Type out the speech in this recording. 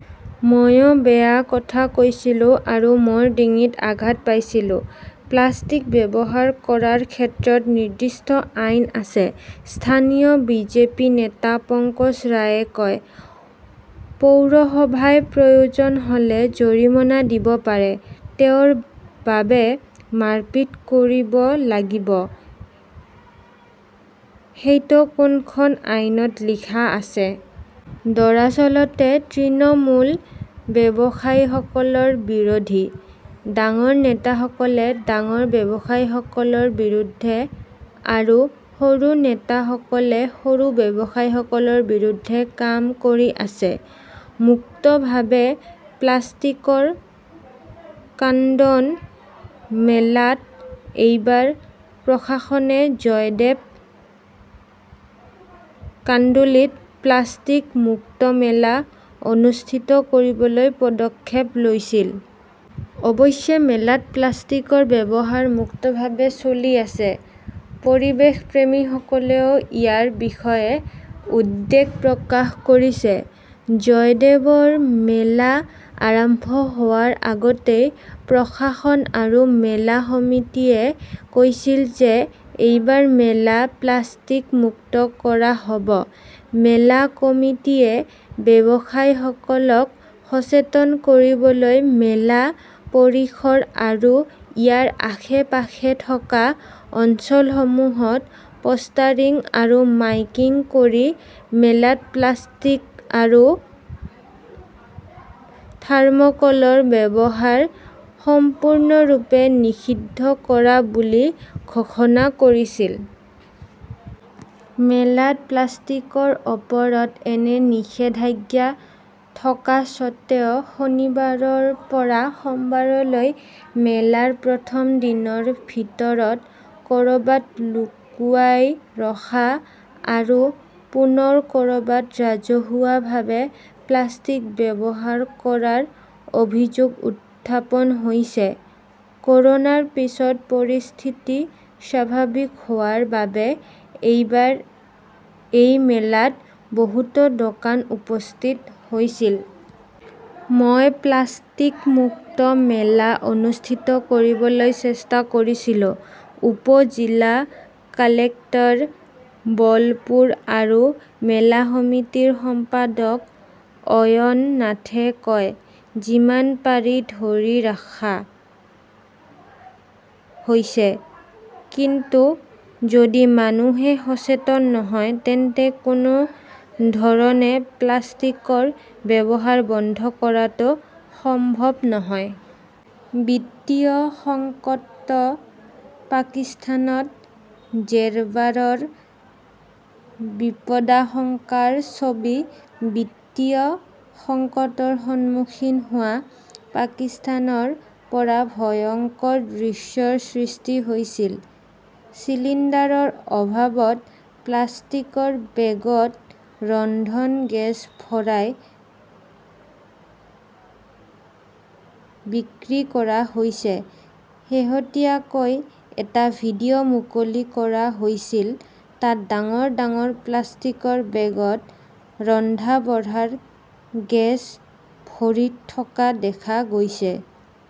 মইও বেয়া কথা কৈছিলোঁ আৰু মোৰ ডিঙিত আঘাত পাইছিলোঁ। প্লাষ্টিক ব্যৱহাৰ কৰাৰ ক্ষেত্ৰত নিৰ্দিষ্ট আইন আছে, স্থানীয় বিজেপি নেতা পঙ্কজ ৰয়ে কয়। পৌৰসভাই প্ৰয়োজন হ'লে জৰিমনা দিব পাৰে। তেওঁৰ বাবে মাৰপিট কৰিব লাগিব সেইটো কোনখন আইনত লিখা আছে? দৰাচলতে তৃণমূল ব্যৱসায়ীসকলৰ বিৰোধী। ডাঙৰ নেতাসকলে ডাঙৰ ব্যৱসায়ীসকলৰ বিৰুদ্ধে আৰু সৰু নেতাসকলে সৰু ব্যৱসায়ীসকলৰ বিৰুদ্ধে কাম কৰি আছে। মুক্তভাৱে প্লাষ্টিকৰ কান্দোন মেলাত এইবাৰ প্ৰশাসনে জয়দেৱ কাণ্ডুলিত প্লাষ্টিক মুক্ত মেলা অনুষ্ঠিত কৰিবলৈ পদক্ষেপ লৈছিল। অৱশ্যে, মেলাত প্লাষ্টিকৰ ব্যৱহাৰ মুক্তভাৱে চলি আছে। পৰিৱেশপ্ৰেমীসকলেও ইয়াৰ বিষয়ে উদ্বেগ প্ৰকাশ কৰিছে। জয়দেৱৰ মেলা আৰম্ভ হোৱাৰ আগতেই প্ৰশাসন আৰু মেলা সমিতিয়ে কৈছিল যে এইবাৰ মেলা প্লাষ্টিক মুক্ত কৰা হ'ব। মেলা কমিটীয়ে ব্যৱসায়ীসকলক সচেতন কৰিবলৈ মেলা পৰিসৰ আৰু ইয়াৰ আশে-পাশে থকা অঞ্চলসমূহত পোষ্টাৰিং আৰু মাইকিং কৰি মেলাত প্লাষ্টিক আৰু থাৰ্মোকোলৰ ব্যৱহাৰ সম্পূৰ্ণৰূপে নিষিদ্ধ কৰা বুলি ঘোষণা কৰিছিল। মেলাত প্লাষ্টিকৰ ওপৰত এনে নিষেধাজ্ঞা থকা স্বত্বেও, শনিবাৰৰ পৰা সোমবাৰলৈ মেলাৰ প্ৰথম দিনৰ ভিতৰত ক'ৰবাত লুকুৱাই ৰখা আৰু পুনৰ ক'ৰবাত ৰাজহুৱাভাৱে প্লাষ্টিক ব্যৱহাৰ কৰাৰ অভিযোগ উত্থাপন হৈছে। ক'ৰোনাৰ পিছত পৰিস্থিতি স্বাভাৱিক হোৱাৰ বাবে এইবাৰ এই মেলাত বহুতো দোকান উপস্থিত হৈছিল। মই প্লাষ্টিক মুক্ত মেলা অনুষ্ঠিত কৰিবলৈ চেষ্টা কৰিছিলো, উপ-জিলা কালেক্টৰ বলপুৰ আৰু মেলা সমিতিৰ সম্পাদক অয়ননাথে কয়। যিমান পাৰি ধৰি ৰখা হৈছে। কিন্তু যদি মানুহে সচেতন নহয় তেন্তে কোনো ধৰণে প্লাষ্টিকৰ ব্যৱহাৰ বন্ধ কৰাটো সম্ভৱ নহয়। বিত্তীয় সংকটত পাকিস্তানত জেৰবাৰৰ বিপদাশংকাৰ ছবি বিত্তীয় সংকটৰ সন্মুখীন হোৱা পাকিস্তানৰ পৰা ভয়ংকৰ দৃশ্যৰ সৃষ্টি হৈছিল। চিলিণ্ডাৰৰ অভাৱত প্লাষ্টিকৰ বেগত ৰন্ধন গেছ ভৰাই বিক্ৰী কৰা হৈছে। শেহতীয়াকৈ এটা ভিডিঅ মুকলি কৰা হৈছিল। তাত ডাঙৰ ডাঙৰ প্লাষ্টিকৰ বেগত ৰন্ধা-বঢ়াৰ গেছ ভৰি থকা দেখা গৈছে।